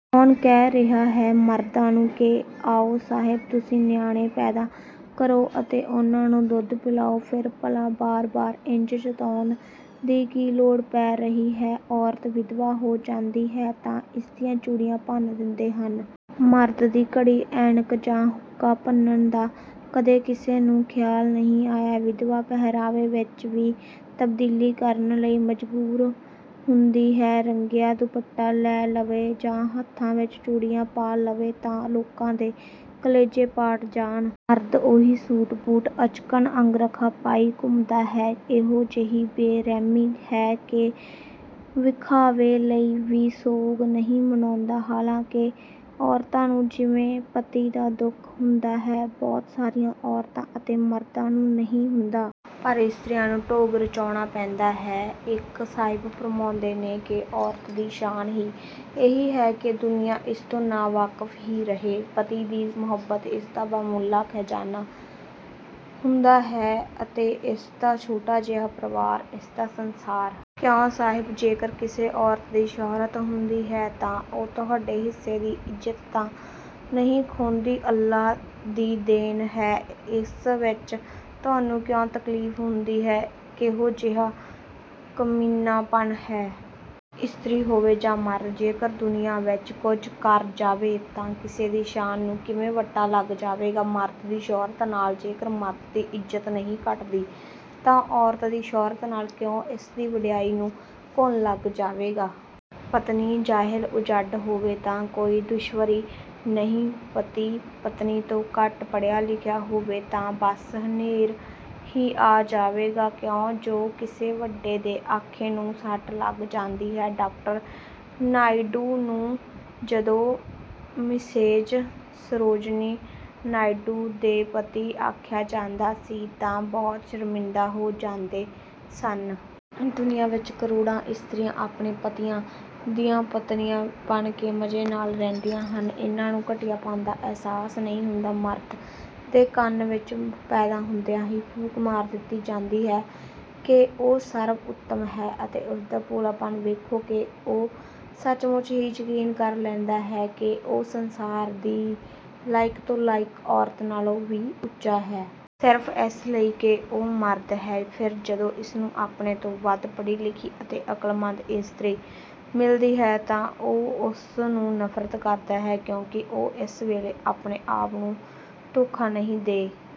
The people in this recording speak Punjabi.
ਕੌਣ ਕਹਿ ਰਿਹਾ ਹੈ ਮਰਦਾਂ ਨੂੰ ਕਿ ਆਓ ਸਾਹਿਬ ਤੁਸੀਂ ਨਿਆਣੇ ਪੈਦਾ ਕਰੋ ਅਤੇ ਉਹਨਾਂ ਨੂੰ ਦੁੱਧ ਪਿਲਾਓ। ਫਿਰ ਭਲਾ ਬਾਰ-ਬਾਰ ਇੰਝ ਜਤਾਉਣ ਦੀ ਕੀ ਲੋੜ ਪੈ ਰਹੀ ਹੈ? ਔਰਤ ਵਿਧਵਾ ਹੋ ਜਾਂਦੀ ਹੈ ਤਾਂ ਇਸਦੀਆਂ ਚੂੜੀਆਂ ਭੰਨ ਦਿੰਦੇ ਹਨ। ਮਰਦ ਦੀ ਘੜੀ, ਐਨਕ ਜਾਂ ਹੁੱਕਾ ਭੰਨਣ ਦਾ ਕਦੇ ਕਿਸੇ ਨੂੰ ਖਿਆਲ ਨਹੀਂ ਆਇਆ। ਵਿਧਵਾ ਪਹਿਰਾਵੇ ਵਿੱਚ ਵੀ ਤਬਦੀਲੀ ਕਰਨ ਲਈ ਮਜਬੂਰ ਹੁੰਦੀ ਹੈ। ਰੰਗਿਆ ਦੁਪੱਟਾ ਲੈ ਲਵੇ ਜਾਂ ਹੱਥਾਂ ਵਿੱਚ ਚੂੜੀਆਂ ਪਾ ਲਵੇ ਤਾਂ ਲੋਕਾਂ ਦੇ ਕਲੇਜੇ ਪਾਟ ਜਾਣ। ਮਰਦ ਉਹੀ ਸੂਟ-ਬੂਟ, ਅਚਕਨ, ਅੰਗਰਖਾ ਪਾਈ ਘੁੰਮਦਾ ਹੈ। ਕਿਹੋ ਜਿਹੀ ਬੇ-ਰਹਿਮੀ ਹੈ ਕਿ ਵਿਖਾਵੇ ਲਈ ਵੀ ਸੋਗ ਨਹੀਂ ਮਨਾਉਂਦਾ। ਹਾਲਾਂਕਿ ਔਰਤਾਂ ਨੂੰ ਜਿਵੇਂ ਪਤੀ ਦਾ ਦੁੱਖ ਹੁੰਦਾ ਹੈ। ਬਹੁਤ ਸਾਰੀਆਂ ਔਰਤਾਂ ਅਤੇ ਮਰਦਾਂ ਨੂੰ ਨਹੀਂ ਹੁੰਦਾ। ਪਰ ਇਸਤਰੀਆਂ ਨੂੰ ਢੋਂਗ ਰਚਾਉਣਾ ਪੈਂਦਾ ਹੈ। ਇੱਕ ਸਾਹਿਬ ਫ਼ਰਮਾਉਂਦੇ ਨੇ ਕਿ 'ਔਰਤ ਦੀ ਸ਼ਾਨ ਹੀ ਇਹੀ ਹੈ ਕਿ ਦੁਨੀਆਂ ਇਸਤੋਂ ਨਾ-ਵਾਕਫ਼ ਹੀ ਰਹੇ। ਪਤੀ ਦੀ ਮੁਹੱਬਤ ਇਸਦਾ ਬਹੁ-ਮੁੱਲਾ ਖ਼ਜ਼ਾਨਾ ਹੁੰਦਾ ਹੈ ਅਤੇ ਇਸਦਾ ਛੋਟਾ ਜਿਹਾ ਪਰਿਵਾਰ ਇਸਦਾ ਸੰਸਾਰ।' ਕਿਉਂ ਸਾਹਿਬ! ਜੇਕਰ ਕਿਸੇ ਔਰਤ ਦੀ ਸ਼ੋਹਰਤ ਹੁੰਦੀ ਹੈ ਤਾਂ ਉਹ ਤੁਹਾਡੇ ਹਿੱਸੇ ਦੀ ਇਜ਼ਤ ਤਾਂ ਨਹੀਂ ਖੋਹੰਦੀ। ਅੱਲ੍ਹਾ ਦੀ ਦੇਣ ਹੈ। ਇਸ ਵਿੱਚ ਤੁਹਾਨੂੰ ਕਿਉਂ ਤਕਲੀਫ਼ ਹੁੰਦੀ ਹੈ? ਕਿਹੋ ਜਿਹਾ ਕਮੀਨਾਪਨ ਹੈ। ਇਸਤਰੀ ਹੋਵੇ ਜਾਂ ਮਰਦ, ਜੇਕਰ ਦੁਨੀਆ ਵਿੱਚ ਕੁਝ ਕਰ ਜਾਵੇ ਤਾਂ ਕਿਸੇ ਦੀ ਸ਼ਾਨ ਨੂੰ ਕਿਵੇਂ ਬੱਟਾ ਲੱਗ ਜਾਵੇਗਾ। ਮਰਦ ਦੀ ਸ਼ੋਹਰਤ ਨਾਲ ਜੇਕਰ ਮਰਦ ਦੀ ਇਜ਼ਤ ਨਹੀਂ ਘੱਟਦੀ ਤਾਂ ਔਰਤ ਦੀ ਸ਼ੋਹਰਤ ਨਾਲ ਕਿਉਂ ਇਸਦੀ ਵਡਿਆਈ ਨੂੰ ਘੁਣ ਲੱਗ ਜਾਵੇਗਾ। ਪਤਨੀ ਜਾਹਿਲ-ਉਜੱਡ ਹੋਵੇ ਤਾਂ ਕੋਈ ਦੁਸ਼ਵਾਰੀ ਨਹੀਂ। ਪਤੀ, ਪਤਨੀ ਤੋਂ ਘੱਟ ਪੜ੍ਹਿਆ-ਲਿਖਿਆ ਹੋਵੇ ਤਾਂ ਬਸ ਹਨੇਰ ਹੀ ਆ ਜਾਵੇਗਾ। ਕਿਉਂ ਜੋ ਕਿਸੇ ਵੱਡੇ ਦੇ ਆਖੇ ਨੂੰ ਸੱਟ ਲੱਗ ਜਾਂਦੀ ਹੈ। ਡਾਕਟਰ ਨਾਇਡੂ ਨੂੰ ਜਦੋਂ 'ਮਿਸੇਜ਼ ਸਰੋਜਨੀ ਨਾਇਡੂ ਦੇ ਪਤੀ' ਆਖਿਆ ਜਾਂਦਾ ਸੀ ਤਾਂ ਬਹੁਤ ਸ਼ਰਮਿੰਦਾ ਹੋ ਜਾਂਦੇ ਸਨ। ਦੁਨੀਆਂ ਵਿੱਚ ਕਰੋੜਾਂ ਇਸਤਰੀਆਂ ਆਪਣੇ ਪਤੀਆਂ ਦੀਆਂ ਪਤਨੀਆਂ ਬਣ ਕੇ ਮਜ਼ੇ ਨਾਲ ਰਹਿੰਦੀਆਂ ਹਨ। ਇਹਨਾਂ ਨੂੰ ਘਟੀਆਪਨ ਦਾ ਅਹਿਸਾਸ ਨਹੀਂ ਹੁੰਦਾ। ਮਰਦ ਦੇ ਕੰਨ ਵਿੱਚ ਪੈਦਾ ਹੁੰਦਿਆਂ ਹੀ ਫੂਕ ਮਾਰ ਦਿੱਤੀ ਜਾਂਦੀ ਹੈ ਕਿ ਉਹ ਸਰਵ-ਉੱਤਮ ਹੈ ਅਤੇ ਉਸਦਾ ਭੋਲਾਪਨ ਵੇਖੋ ਕਿ ਉਹ ਸੱਚ-ਮੁੱਚ ਹੀ ਯਕੀਨ ਕਰ ਲੈਂਦਾ ਹੈ ਕਿ ਉਹ ਸੰਸਾਰ ਦੀ ਲਾਇਕ ਤੋਂ ਲਾਇਕ ਔਰਤ ਨਾਲੋਂ ਵੀ ਉੱਚਾ ਹੈ। ਸਿਰਫ਼ ਇਸ ਲਈ ਕਿ ਉਹ ਮਰਦ ਹੈ। ਫਿਰ ਜਦੋਂ ਇਸਨੂੰ ਆਪਣੇ ਤੋਂ ਵੱਧ ਪੜ੍ਹੀ-ਲਿਖੀ ਅਤੇ ਅਕਲਮੰਦ ਇਸਤਰੀ ਮਿਲਦੀ ਹੈ ਤਾਂ ਉਹ ਉਸ ਨੂੰ ਨਫ਼ਰਤ ਕਰਦਾ ਹੈ। ਕਿਉਂਕਿ ਉਹ ਇਸ ਵੇਲੇ ਆਪਣੇ ਆਪ ਨੂੰ ਧੋਖਾ ਨਹੀਂ ਦੇ